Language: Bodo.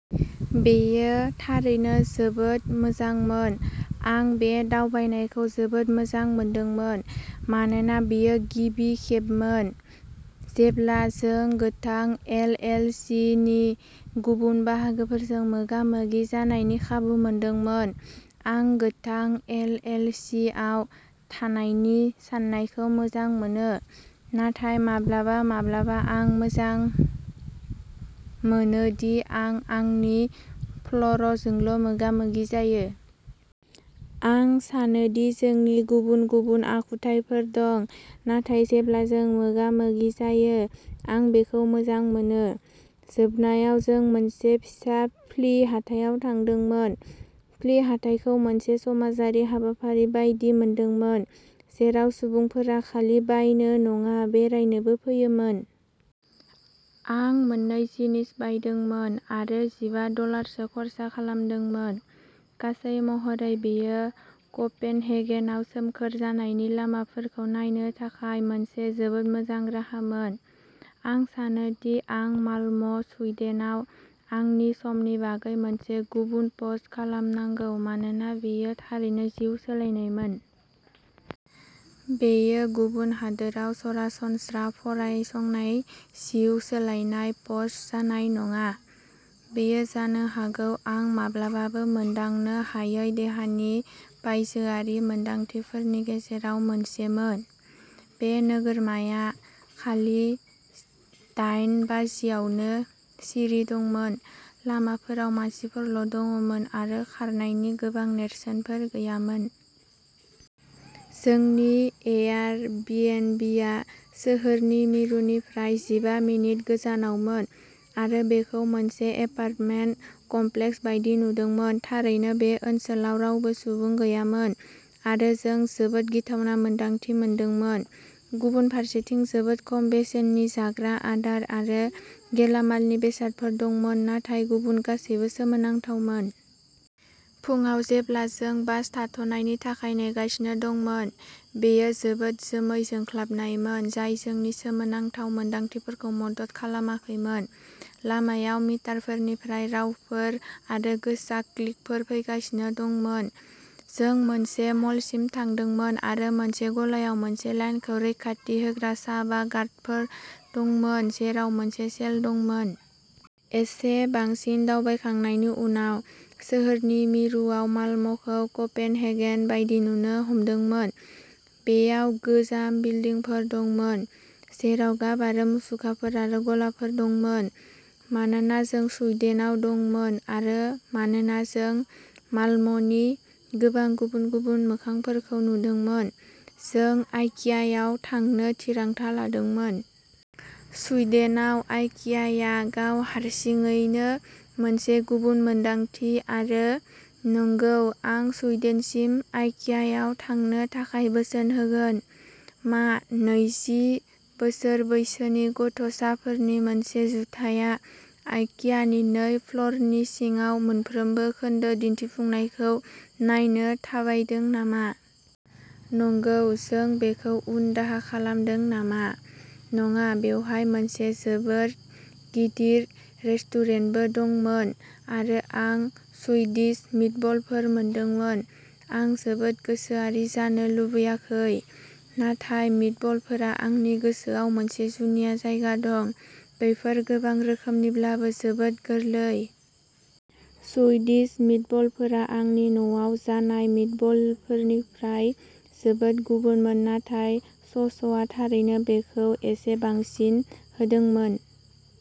बेयो थारैनो जोबोद मोजांमोन। आं बे दावबायनायखौ जोबोद मोजां मोनदोंमोन मानोना बेयो गिबि खेबमोन जेब्ला जों गोथां एल. एल. सि. नि गुबुन बाहागोफोरजों मोगा-मोगि जानायनि खाबु मोनदोंमोन। आं गोथां एल. एल. सि. आव थानायनि साननायखौ मोजां मोनो, नाथाय माब्लाबा माब्लाबा आं मोजां मोनो दि आं आंनि फ्ल'रजोंल'मोगामोगि जायो। आं सानोदि जोंनि गुबुन-गुबुन आखुथायफोर दं, नाथाय जेब्ला जों मोगामोगि जायो, आं बेखौ मोजां मोनो। जोबनायाव, जों मोनसे फिसा फ्लि हाथायाव थांदोंमोन। फ्लि हाथायखौ मोनसे समाजारि हाबाफारि बायदि मोनदोंमोन जेराव सुबुंफोरा खालि बायनो नङा, बेरायनोबो फैयोमोन। आं मोननै जिनिस बायदोंमोन आरो जिबा डलारसो खर्सा खालामदोंमोन। गासै महरै बेयो क'पेनहेगेनआव सोमखोर जानायनि लामाफोरखौ नायनो थाखाय मोनसे जोबोद मोजां राहामोन। आं सानोदि आं माल्म', सुइडेनआव आंनि समनि बागै मोनसे गुबुन पस्ट खालामनांगौ मानोना बेयो थारैनो जिउ सोलायनायमोन। बेयो गुबुन हादोराव सरासनस्रा फरायसंनाय जिउ सोलायनाय पस्ट जानाय नङा। बेयो जानो हागौ आं माब्लाबाबो मोनदांनो हायै देहानि बायजोआरि मोनदांथिफोरनि गेजेराव मोनसेमोन। बे नोगोरमाया, खालि दाइन बाजियावनो, सिरि दंमोन। लामाफोराव मानसिफोरल' दंमोन आरो खारनायनि गोबां नेरसोनफोर गैयामोन। जोंनि एयारबिएनबिआ सोहोरनि मिरुनिफ्राय जिबा मिनिट गोजानावमोन आरो बेखौ मोनसे एपार्टमेन्ट कमप्लेक्स बायदि नुदोंमोन। थारैनो बे ओनसोलाव रावबो सुबुं गैयामोन आरो जों जोबोद गिथावना मोनदांथि मोनदोंमोन। गुबुन फारसेथिं, जोबोद खम बेसेननि जाग्रा आदार आरो गेलामालनि बेसादफोर दंमोन, नाथाय गुबुन गासैबो सोमोनांथावमोन। फुङाव जेब्ला जों बास थाथ'नायनि थाखाय नेगासिनो दंमोन, बेयो जोबोद जोमै जोंख्लाबनायमोन जाय जोंनि सोमोनांथाव मोन्दांथिफोरखौ मदद खालामाखैमोन। लामायाव मिटारफोरनिफ्राय रावफोर आरो गोसा क्लिकफोर फैगासिनो दंमोन। जों मोनसे मलसिम थांदोंमोन आरो मोनसे गलायाव मोनसे लाइनखौ रैखाथि होग्रा सा बा गार्डफोर दंमोन, जेराव मोनसे सेल दंमोन। एसे बांसिन दावबायखांनायनि उनाव। सोहोरनि मिरुआव माल्म'खौ क'पेनहेगन बायदि नुनो हमदोंमोन। बेयाव गोजाम बिल्डिंफोर दंमोन, जेराव गाब आरो मुसुखाफोर आरो गलाफोर दंमोन। मानोना जों सुइडेनाव दंमोन आरो मानोना जों माल्म'नि गोबां गुबुन गुबुन मोखांफोरखौ नुदोंमोन, जों आइकियाआव थांनो थिरांथा लादोंमोन। सुइडेनाव आइकियाआ गाव हारसिङैनो मोनसे गुबुन मोन्दांथि आरो नंगौ आं सुइडेनसिम आइकियाआव थांनो थाखाय बोसोन होगोन। मा नैजि बोसोर बैसोनि गथ'साफोरनि मोनसे जुथाया आइकियानि नै फ्ल'रनि सिङाव मोनफ्रोमबो खोन्दो दिन्थिफुंनायखौ नायनो थाबायदों नामा? नंगौ जों बेखौ उन दाहा खालामदों नामा? नङा बेवहाय मोनसे जोबोद गिदिर रेस्टुरेन्टबो दंमोन आरो आं सुइडिश मिटबलफोर मोनदोंमोन। आं जोबोद गोसोआरि जानो लुबैयाखै, नाथाय मिटबलफोरा आंनि गोसोआव मोनसे जुनिया जायगा दं। बेफोर गोबां रोखोमनिब्लाबो जोबोद गोरलै। सुइडिश मिटबलफोरा आंनि न'आव जानाय मिटबलफोरनिफ्राय जोबोद गुबुनमोन नाथाय ससआ थारैनो बेखौ एसे बांसिन होदोंमोन।